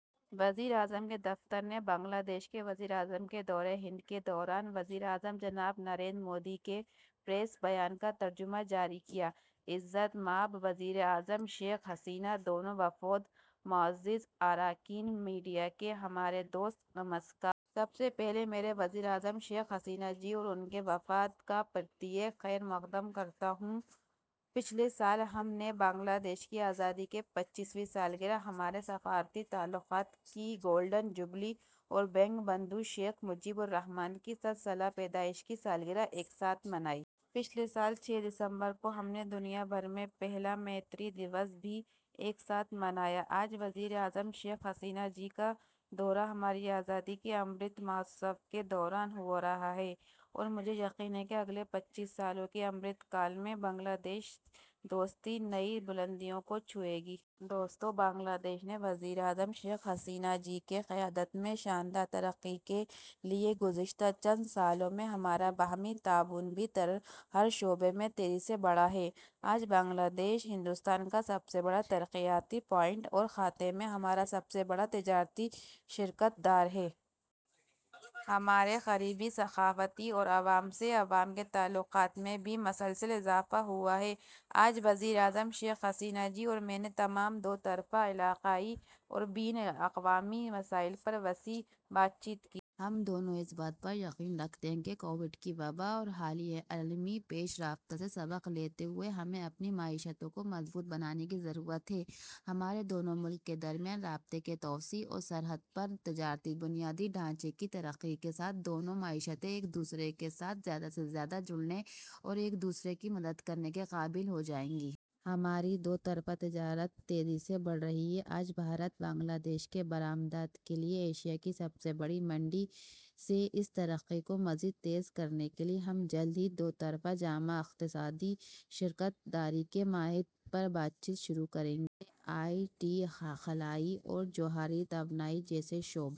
وزیر اعظم کے دفتر نے بنگلہ دیش کے وزیر اعظم کے دورۂ ہند کے دوران وزیر اعظم جناب نریندر مودی کے پریس بیان کا ترجمہ جاری کیا۔ عزت مآب وزیر اعظم شیخ حسینہ، دونوں وفود کے معزز اراکین، میڈیا کے ہمارے دوست، نمسکار! سب سے پہلے میں وزیر اعظم شیخ حسینہ جی اور ان کے وفد کا پرتپاک خیرمقدم کرتا ہوں۔ پچھلے سال ہم نے بنگلہ دیش کی آزادی کی پچاسویں سالگرہ، ہمارے سفارتی تعلقات کی گولڈن جوبلی اور بنگ بندھو شیخ مجیب الرحمان کی صد سالہ پیدائش کی سالگرہ ایک ساتھ منائی۔ پچھلے سال چھ دسمبر کو، ہم نے دنیا بھر میں پہلا میتری دیوس بھی ایک ساتھ منایا۔ آج وزیر اعظم شیخ حسینہ جی کا دورہ ہماری آزادی کے امرت مہوتسو کے دوران ہو رہا ہے اور مجھے یقین ہے کہ اگلے پچیس سالوں کے امرت کال میں ہند بنگلہ دیش دوستی نئی بلندیوں کو چھوئے گی۔ دوستو، بنگلہ دیش نے وزیر اعظم شیخ حسینہ جی کی قیادت میں شاندار ترقی کی ہے۔ گزشتہ چند سالوں میں ہمارا باہمی تعاون بھی ہر شعبے میں تیزی سے بڑھا ہے۔ آج بنگلہ دیش ہندوستان کا سب سے بڑا ترقیاتی پارٹنر اور خطے میں ہمارا سب سے بڑا تجارتی شراکت دار ہے۔ ہمارے قریبی ثقافتی اور عوام سے عوام کے تعلقات میں بھی مسلسل اضافہ ہوا ہے۔ آج وزیر اعظم شیخ حسینہ جی اور میں نے تمام دو طرفہ، علاقائی اور بین الاقوامی مسائل پر وسیع بات چیت کی۔ ہم دونوں اس بات پر یقین رکھتے ہیں کہ کووڈ کی وبا اور حالیہ عالمی پیش رفت سے سبق لیتے ہوئے ہمیں اپنی معیشتوں کو مضبوط بنانے کی ضرورت ہے۔ ہمارے دونوں ممالک کے درمیان رابطے کی توسیع اور سرحد پر تجارتی بنیادی ڈھانچے کی ترقی کے ساتھ، دونوں معیشتیں ایک دوسرے کے ساتھ زیادہ سے زیادہ جڑنے اور ایک دوسرے کی مدد کرنے کے قابل ہو جائیں گی۔ ہماری دو طرفہ تجارت تیزی سے بڑھ رہی ہے۔ آج بھارت بنگلہ دیش کی برآمدات کے لیے ایشیا کی سب سے بڑی منڈی ہے۔ اس ترقی کو مزید تیز کرنے کے لیے، ہم جلد ہی دو طرفہ جامع اقتصادی شراکت داری کے معاہدے پر بات چیت شروع کریں گے۔ ہم نے آئی ٹی، خلائی اور جوہری توانائی جیسے شعبوں...